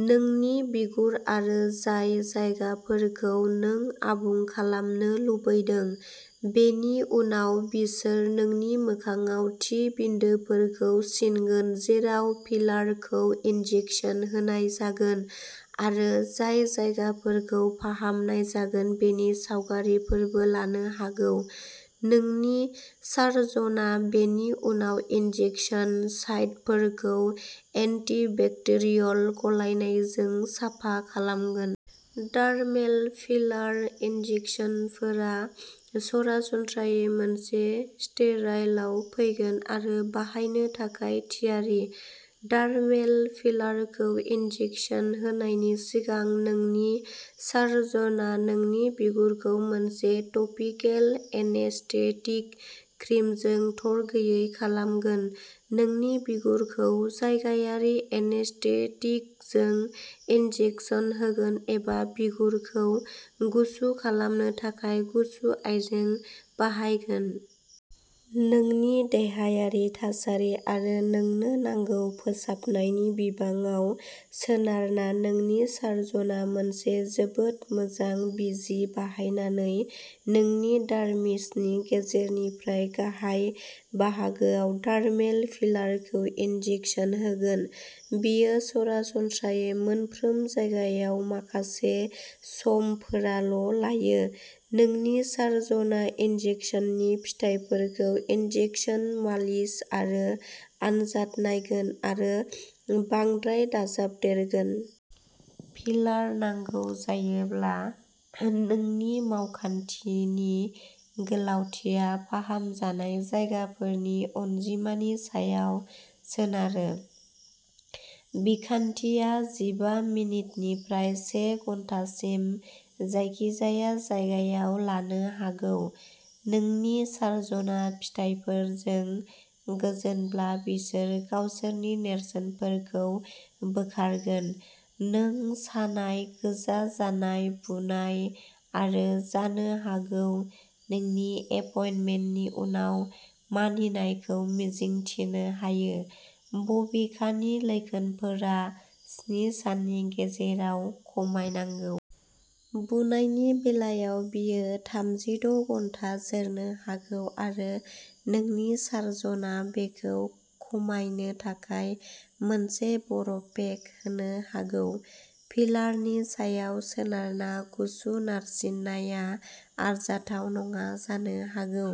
नोंनि बिगुर आरो जाय जायगाफोरखौ नों आबुं खालामनो लुबैदों। बेनि उनाव बिसोर नोंनि मोखांआव थि बिन्दोफोरखौ सिनगोन जेराव फिलारखौ इनजेकसन होनाय जागोन आरो जाय जायगाफोरखौ फाहामनाय जागोन बेनि सावगारिफोरबो लानो हागौ। नोंनि सार्जनआ बेनि उनाव इनजेकसन साइटफोरखौ एन्टिबेक्टेरियल गलायनायजों साफा खालामगोन। डार्मेल फिलार इनजेकसनफोरा सरासनस्रायै मोनसे स्टेराइलआव फैगोन आरो बाहायनो थाखाय थियारि। डार्मेल फिलारखौ इनजेकसन होनायनि सिगां, नोंनि सार्जनआ नोंनि बिगुरखौ मोनसे टपिकेल एनेस्थेटिक क्रिमजों थरगैयै खालामगोन। नोंनि बिगुरखौ जायगायारि एनेस्थेटिकजों इनजेकसन होगोन एबा बिगुरखौ गुसु खालामनो थाखाय गुसु आइजें बाहायगोन। नोंनि देहायारि थासारि आरो नोंनो नांगौ फोसाबनायनि बिबाङाव सोनारना, नोंनि सार्जनआ मोनसे जोबोद मोजां बिजि बाहायनानै नोंनि डार्मिसनि गेजेरनिफ्राय गाहाय बाहागोआव डार्मेल फिलारखौ इनजेकसन होगोन। बेयो सरासनस्रायै मोनफ्रोम जायगायाव माखासे समफोराल'लायो। नोंनि सार्जनआ इनजेकसननि फिथायफोरखौ इनजेकसन, मालिस आरो आनजाद नायगोन आरो बांद्राय दाजाबदेरगोन। फिलार नांगौ जायोब्ला। नोंनि मावखान्थिनि गोलावथिया फाहामजानाय जायगाफोरनि अनजिमानि सायाव सोनारो। बिखान्थिया जिबा मिनिटनिफ्राय से घन्टासिम जायखिजाया जायगायाव लानो हागौ। नोंनि सार्जनआ फिथायफोरजों गोजोनब्ला, बिसोर गावसोरनि नेरसोनफोरखौ बोखारगोन। नों सानाय, गोजा जानाय, बुनाय आरो जानो हागौ नोंनि एपइन्टमेन्टनि उनाव मानिनायखौ मिजिंथिनो हायो बबेखानि लैखोनफोरा स्नि साननि गेजेराव खमायनांगौ। बुनायनि बेलायाव बेयो थाम जिद' घन्टा जोरनो हागौ आरो नोंनि सार्जनआ बेखौ खमायनो थाखाय मोनसे बरफ पेक होनो हागौ। फिलारनि सायाव सोनारना गुसु नारसिननाया आरजाथाव नङा जानो हागौ।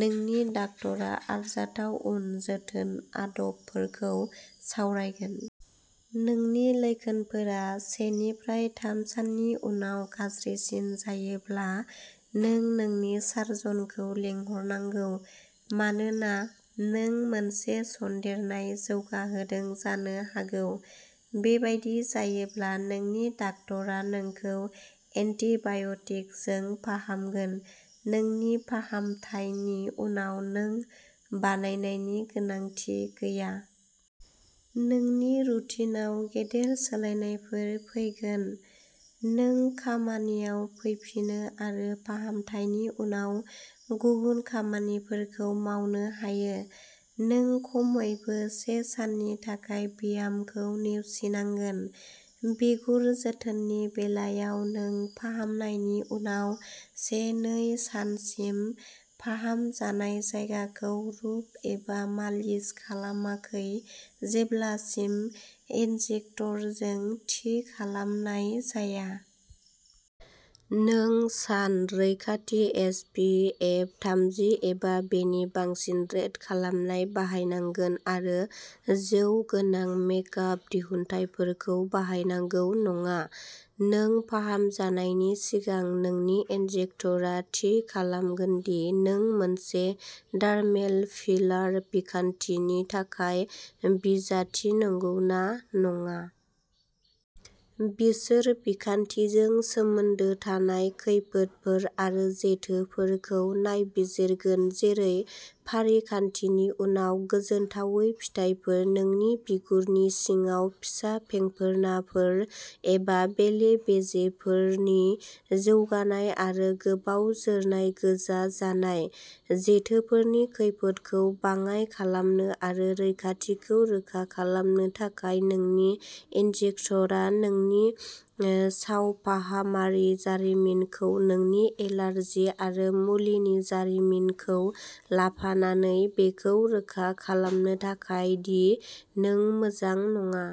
नोंनि डाक्टारआ आरजाथाव उन जोथोन आदबफोरखौ सावरायगोन। नोंनि लैखोनफोरा से निफ्राय थाम साननि उनाव गाज्रिसिन जायोब्ला नों नोंनि सार्जनखौ लिंहरनांगौ मानोना नों मोनसे सन्देरनाय जौगाहोदों जानो हागौ। बेबादि जायोब्ला नोंनि डाक्टारआ नोंखौ एन्टिबाय'टिकजों फाहामगोन। नोंनि फाहामथायनि उनाव नों बानायनायनि गोनांथि गैया। नोंनि रुटिनआव गेदेर सोलायनायफोर फैगोन। नों खामानियाव फैफिनो आरो फाहामथायनि उनाव गुबुन खामानिफोरखौ मावनो हायो। नों खमैबो से साननि थाखाय ब्यामखौ नेवसिनांगोन। बिगुर जोथोननि बेलायाव नों फाहामनायनि उनाव से-नै सानसिम फाहामजानाय जायगाखौ रुब एबा मालिस खालामाखै जेब्लासिम इन्जेक्टरजों थि खालामनाय जाया। नों सान रैखाथि एस. पि. एफ. थामजि एबा बेनि बांसिन रेट खालामनाय बाहायनांगोन आरो जौ गोनां मेकआप दिहुनथायफोरखौ बाहायनांगौ नङा। नों फाहामजानायनि सिगां नोंनि इन्जेक्टरआ थि खालामगोन दि नों मोनसे डार्मेल फिलार बिखान्थिनि थाखाय बिजाथि नंगौना नङा। बिसोर बिखान्थिजों सोमोन्दो थानाय खैफोदफोर आरो जेथोफोरखौ नायबिजिरगोन। जेरै फारिखान्थिनि उनाव गोजोनथावै फिथायफोर नोंनि बिगुरनि सिङाव फिसा फेंफोनाफोर एबा बेले-बेजेफोरनि जौगानाय आरो गोबाव जोरनाय गोजा जानाय। जेथोफोरनि खैफोदखौ बाङाइ खालामनो आरो रैखाथिखौ रोखा खालामनो थाखाय नोंनि इन्जेक्टरआ नोंनि सावफाहामारि जारिमिनखौ नोंनि एलार्जि आरो मुलिनि जारिमिनखौ लाफानानै, बेखौ रोखा खालामनो थाखाय दि नों मोजां नङा।